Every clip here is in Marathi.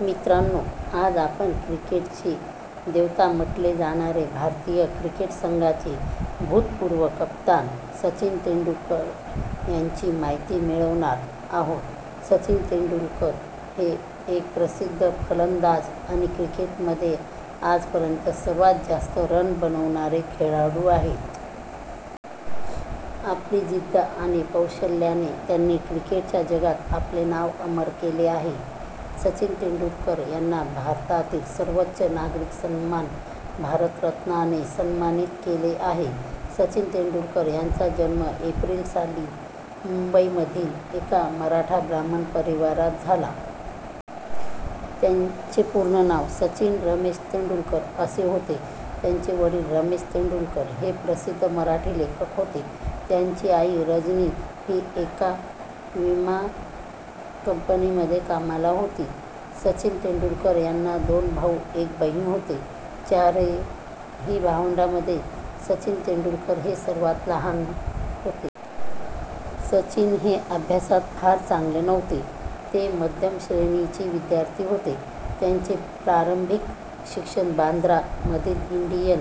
मित्रांनो आज आपण क्रिकेटचे देवता म्हटले जाणारे भारतीय क्रिकेट संघाचे भूतपूर्व कप्तान सचिन तेंडुलकर यांची माहिती मिळवणार आहोत. सचिन तेंडुलकर हे एक प्रसिद्ध फलंदाज आणि क्रिकेटमध्ये आजपर्यंत सर्वात जास्त रन बनवणारे खेळाडू आहेत. आपली जिद्द आणि कौशल्याने त्यांनी क्रिकेटच्या जगात आपले नाव अमर केले आहे. सचिन तेंडुलकर यांना भारतातील सर्वोच्च नागरिक सन्मान भारतरत्नाने सन्मानित केले आहे. सचिन तेंडुलकर यांचा जन्म एप्रिल साली मुंबईमधील एका मराठा ब्राह्मण परिवारात झाला. त्यांचे पूर्ण नाव सचिन रमेश तेंडुलकर असे होते. त्यांचे वडील रमेश तेंडुलकर हे प्रसिद्ध मराठी लेखक होते, त्यांची आई रजनी ही एका विमा कंपनीमध्ये कामाला होती. सचिन तेंडुलकर यांना दोन भाऊ व एक बहीण होते, चारही भावंडांमध्ये मध्ये सचिन तेंडुलकर हे सर्वात लहान होते. सचिन हे अभ्यासात फार चांगले नव्हते ते मध्यम श्रेणी चे विद्यार्थी होते. त्यांचे प्रारंभिक शिक्षण बांद्रा मधील इंडियन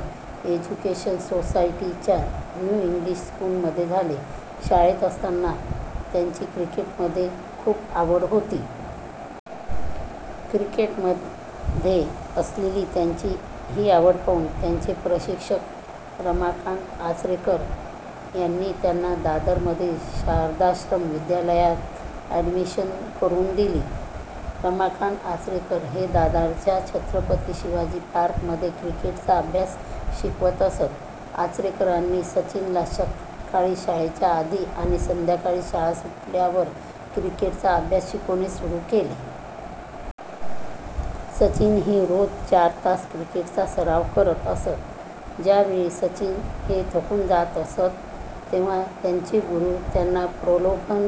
एज्युकेशन सोसायटी च्या न्यू इंग्लिश स्कूलमध्ये झाले. शाळेत असताना त्यांची क्रिकेट मध्ये खूप आवड होती. क्रिकेटमध्ये असलेली त्यांची ही आवड पाहून त्यांचे प्रशिक्षक रमाकांत आचरेकर यांनी त्यांना दादरमधील शारदाश्रम विद्यालयात ऍडमिशन करवून दिले. रमाकांत आचरेकर हे दादरच्या छत्रपती शिवाजी पार्क मध्ये क्रिकेट चा अभ्यास शिकवत असतं. आचरेकरांनी सचिनला सकाळी शाळेच्या आधी आणि संध्याकाळी शाळा सुटल्यावर क्रिकेटचा अभ्यास शिकवणे सुरू केले. सचिन हे रोज चार तास क्रिकेटच्या सराव करत असत. ज्यावेळी सचिन हे थकून जात असतं, तेव्हा त्यांचे गुरु त्यांना प्रलोभन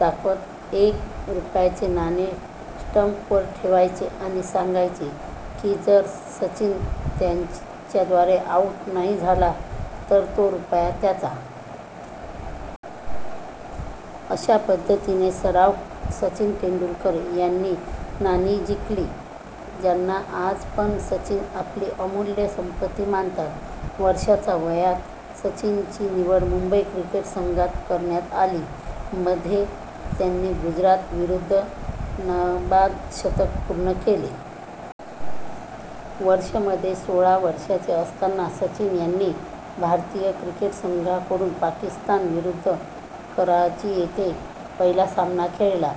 दाखवत एक रुपयाचे नाणे स्टंप वर ठेवायचे आणि सांगायचे की जर सचिन त्यांच्याद्वारे आऊट नाही झाला तर तो एक रुपया त्याचा. अश्या पद्धतीने सराव करून सचिन तेंडुलकर यांनी नाणी जिंकली, ज्यांना आज पण सचिन आपली अमूल्य संपत्ती मानतात. वर्षाच्या वयात सचिन ची निवड मुंबई क्रिकेट संघात करण्यात आली. मध्ये त्यांनी गुजरात विरुद्ध नाबाद शतक पूर्ण केले. वर्ष मध्ये सोळा वर्षाचे असताना सचिन यांनी भारतीय क्रिकेट संघाकडून पाकिस्तान विरुद्ध कराची येथे पहिला सामना खेळला.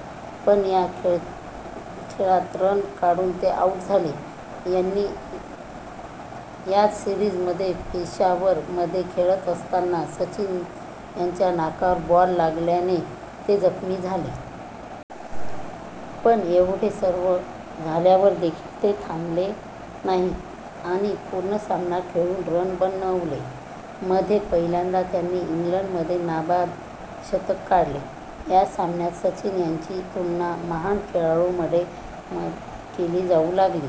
पण या खेळात रन काढून ते आऊट झाले. यांनी याच सीरिज मध्ये पेशावर मध्ये खेळात असताना सचिन याच्या नाकावर बॉल लागल्याने ते जखमी झाले. पण येवढे सर्व झाल्यावर देखील ते थांबले नाहीत आणि पूर्ण सामना खेळून रन बनवले. मध्ये पहिल्यांदा त्यांनी इंग्लंड मध्ये नाबाद शतक काढले. या सामन्यानंतर सचिन यांची तुलना महान खेळाडूंमध्ये केली जाऊ लागली.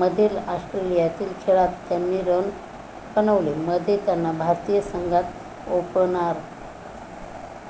मधील ऑस्ट्रेलियातील खेळात त्यांनी रन बनवले. मध्ये त्यांना भारतीय संघात ओपणर